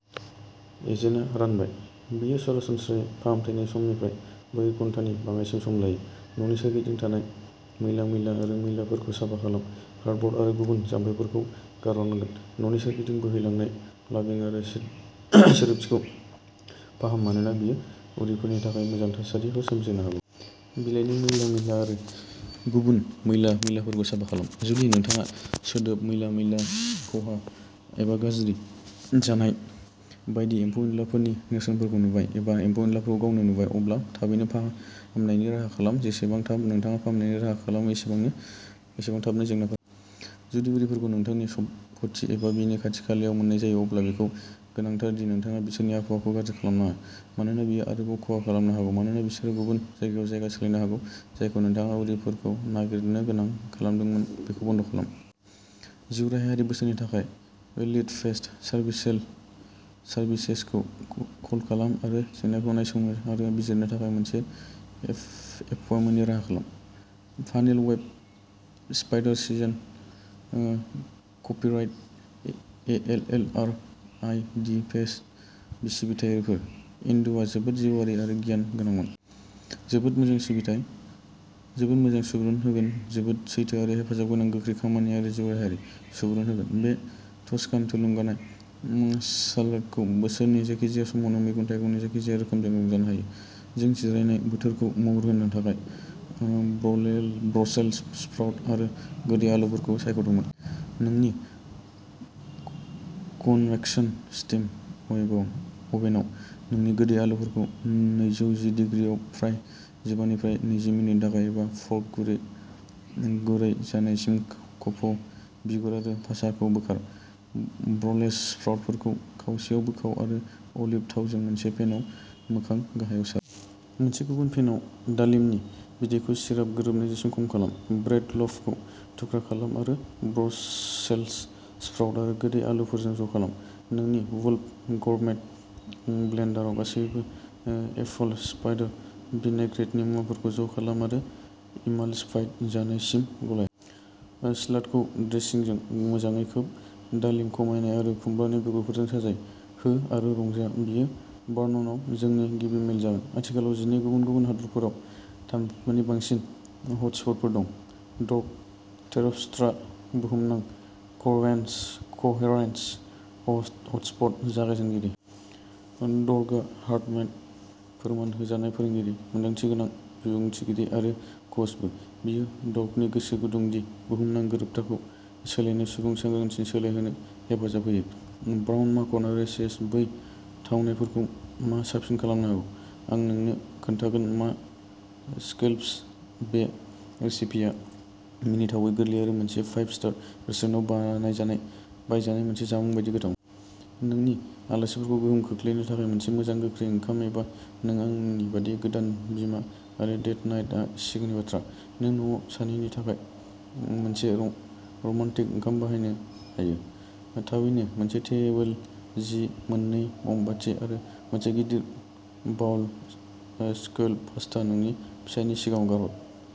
एजेन्टआ रानबाय। बेयो सरासनस्रायै फाहामथायनि समनिफ्राय नै घन्टानि बाङाइसिन सम लायो। न'नि सोरगिदिं थानाय मैला-मैला आरो मैला-मैलाफोरखौ साफा खालाम। कार्डब'र्ड आरो गुबुन जामफैफोरखौ गारहरनांगौ। न'नि सोरगिदिं बोहैलांनाय प्लाम्बिं आरो सिदोबथिखौ फाहाम मानोना बेयो उरिफोरनि थाखाय मोजां थासारिफोर सोमजिहोनो हागौ। बिलाइनि मैला-मैला आरो गुबुन मैला-मैलाफोरखौ साफा खालाम। जुदि नोंथाङा सोदोब, मैला-मैला, खहा एबा गाज्रि जानाय बायदि एम्फौ-एनलाफोरनि नेरसोनफोरखौ नुबाय, एबा एम्फौ-एनलाफोरखौ गावनो नुबाय, अब्ला थाबैनो फाहामनायनि राहा खालाम, जेसेबां थाब नोंथाङा फाहामनायनि राहा खालामो, एसेबां थाबनो जेंनाफोरा हामगोन। जुदि उरिफोरखौ नोंथांनि सम्पथि एबा बेनि खाथि-खालायाव मोन्नाय जायो, अब्ला बेखौ गोनांथार दि नोंथाङा बिसोरनि आबहावाखौ गाज्रि खालाम नाङा, मानोना बेयो आरोबाव खहा खालामनो हागौ मानोना बिसोरो गुबुन जायगायाव जायगा सोलायनो हागौ। जायखौ नोंथाङा उरिफोरखौ नागिरनो गोनां खालामदोंमोन बेखौ बन्द खालाम। जिउराहायारि बोसोननि थाखाय एल्रिड पेस्ट सार्भिसेसखौ कल खालाम आरो जेंनाखौ नायसंनो आरो बिजिरनो थाखाय मोनसे एपइन्टमेन्टनि राहा खालाम। Funnel web spider season. Copyright A L L R I the paste सिबिथायफोर। एन्ड्रुआ जोबोद जिउराहायारि आरो गियान गोनांमोन। जोबोद मोजां सिबिथाइ। जोबोद मोजां सुबुरुन होगोन जोबोद सैथो आरो हेफाजाबगोनां गोख्रै खामानि आरो जिउराहायारि। सुबुरुन होगोन! बे टस्कान थुलुंगानाय सालादखौ बोसोरनि जायखिजाया समावनो, मैगं-थाइगंनि जायखिजाया रोखोमजों रंजानो हायो। जों जिरायनाय बोथोरखौ महर होनो थाखाय ब्रसेल्स स्प्राउट आरो गोदै आलुफोरखौ सायख'दोंमोन। नोंनि कन्वेक्सन स्टीम अभेनआव, नोंनि गोदै आलुफोरखौ नैजौ जि डिग्रि आव फ्राय जिबानिफ्राय नैजि मिनिटनि थाखाय एबा फ'र्क गुरै जानायसिम खफ'। बिगुर आरो पासाखौ बोखार। ब्रसेल्स स्प्राउटफोरखौ खावसेयाव बोखाव आरो अलिभ थावजों मोनसे पेनआव मोखां गाहायाव सार। मोनसे गुबुन पेनआव, दालिमनि बिदैखौ सिराप गोरोबनायसिम खम खालाम। ब्रेडनि ल'फखौ थुख्रा खालाम आरो ब्रसेल्स स्प्राउट आरो गोदै आलुफोरजों ज'खालाम। नोंनि वुल्फ गोरमेट ब्लेन्डाराव, गासैबो ओ एपल साइडार भिनाइग्रेटनि मुवाफोरखौ ज'खालाम आरो इमालसिफाइड जानायसिम गलाय। सालादखौ ड्रेसिंजों मोजाङै खोब। दालिम खमायनाय आरो खुमब्रानि बेगरफोरजों साजाय। हो आरो रंजा बेयो भार्ननआव जोंनि गिबि मेल जागोन, आथिखालाव जिनै गुबुन-गुबुन हादोरफोराव थामजिबानि बांसिन हटस्पटफोर दं। डर्क टेरपस्ट्राआ बुहुमनां क'हेरेंस हटस्पट जागायजेनगिरि। डर्कआ हार्टमेथ फोरमान होजानाय फोरोंगिरि, मोनदांथिगोनां बुंथिगिरि आरो कचबो। बेयो डर्कनि गोसो गुदुं दि बुहुमनां गोरोबथिखौ सोलायनानै सुबुं सांग्रांथिखौ सोलायहोनो हेफाजाब होयो। ब्राउन माखन आरो सेज। बै थावनायफोरखौ मा साबसिन खालामनो हागौ? आं नोंनो खोन्थागोन मा स्कैलप्स बे रेसिपिया मिनिथावै गोरलै आरो मोनसे फाइभ स्टार रेस्टुरेन्टाव बानायजानाय बायजानाय मोनसे जामुं बायदि गोथाव। नोंनि आलासिफोरखौ गोहोम खोख्लैनो थाखाय मोनसे मोजां गोख्रै ओंखाम एबा नों आंनि बायदि गोदान बिमा आरो डेट नाइट आ सिगांनि बाथ्रा, नों न'आव सानैनि थाखाय मोनसे रमान्टिक ओंखाम बानायनो हायो। थाबैनो मोनसे टेबोल जि, मोननै मोमबाति आरो मोनसे गिदिर बाउल ओ स्कैलप पास्ता नोंनि फिसायनि सिगाङाव गारहर।